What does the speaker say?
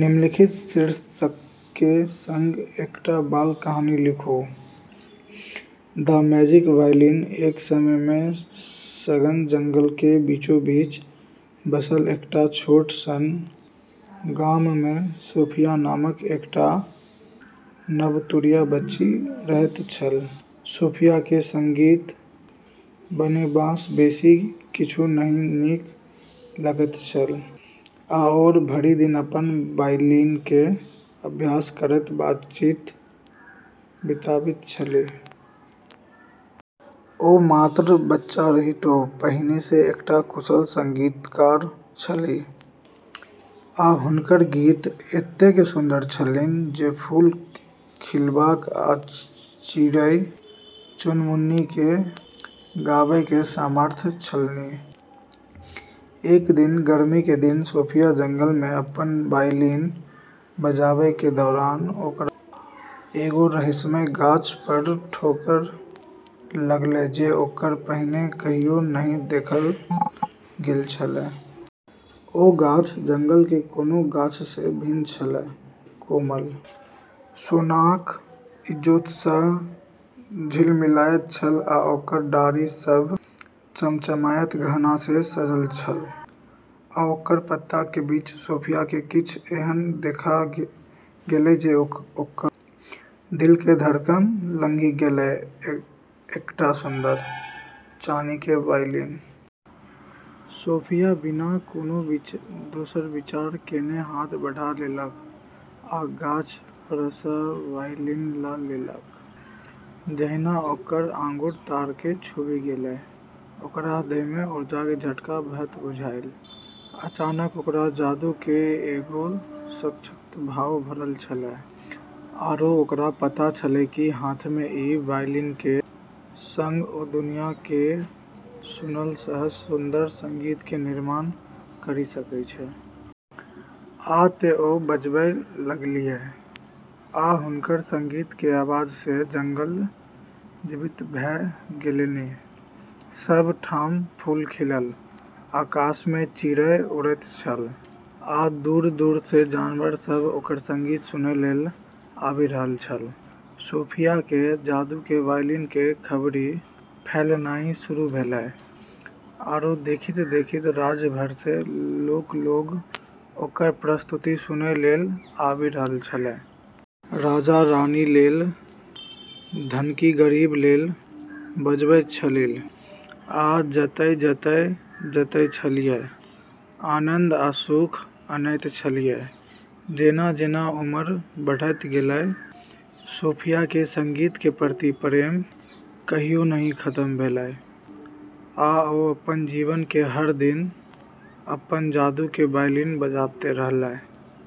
निम्नलिखित शीर्षकके सङ्ग एकटा बाल कहानी लिखु: द मैजिक वायलिन एक समयमे सघन जंगलक बीचोबीच बसल एकटा छोट सन गाममे सोफिया नामक एकटा नवतुरिया बच्ची रहैत छल। सोफियाके संगीत बनेबासँ बेसी किछु नहि नीक लगैत छल, आ ओ भरि दिन अपन वायलिनके अभ्यास करैत बिताबैत छलीह। ओ मात्र बच्चा रहितो पहिनेसँ एकटा कुशल संगीतकार छलीह, आ हुनकर गीत एतेक सुन्दर छलनि जे फूल खिलबाक आ चिड़ै-चुनमुनीकेँ गाबैके सामर्थ्य छलनि। एक दिन गर्मीके दिन सोफिया जंगलमे अपनऽ वायलिन बजाबैके दौरान ओकरा एगो रहस्यमय गाछ पर ठोकर लगलै जे ओकरा पहिने कहियो नहि देखल गेल छलै। ओ गाछ जंगलक कोनो गाछसँ भिन्न छल कोमल, सोनाक इजोतसँ झिलमिलाइत छल आ ओकर डारि सभ चमचमाइत गहनासँ सजल छल। आ ओकर पातके बीच सोफियाके किछ एहन देखा गेलै जे ओकर दिलके धड़कन लंघि गेलै एकटा सुन्दर, चानीके वायलिन। सोफिया बिना कोनो दोसर विचार केने हाथ बढ़ा लेलक आ गाछ परसँ वायलिन ल' लेलक। जहिना ओकर आँगुर तारकेँ छूबि गेलै, ओकरा देहमे ऊर्जाके झटका बहैत बुझायल। अचानक ओकरा जादू केरऽ एगो सशक्त भाव भरल छलै, आरो ओकरा पता छलै कि हाथमे ई वायलिनके सङ्ग ओ दुनिया केर सुनल सबसँ सुंदर संगीतके निर्माण करि सकै छै। आ तें ओ बजबै लगलीह, आ हुनकर संगीतक आवाजसँ जंगल जीवंत भ' गेलनि। सब ठाम फूल खिलल, आकाशमे चिड़ै उड़ैत छल, आ दूर-दूरसँ जानवर सब ओकर संगीत सुनै लेल आबि रहल छल। सोफियाके जादूके वायलिनके खबरि फैलनाइ शुरू भेलै, आरो देखिते - देखिते राज्य भरसँ लोक लोग ओकर प्रस्तुति सुनै लेल आबि रहल छलै। राजा-रानी लेल, धनिक-गरीब लेल बजबैत छलीह आ जतय-जतय जाइत छलीह, आनन्द आ सुख अनैत छलीह। जेना-जेना उम्र बढ़ैत गेलै, सोफियाके संगीतके प्रति प्रेम कहियो नहि खतम भेलै, आ ओ अपन जीवनके हर दिन अपन जादूके वायलिन बजाबैत रहलीह ।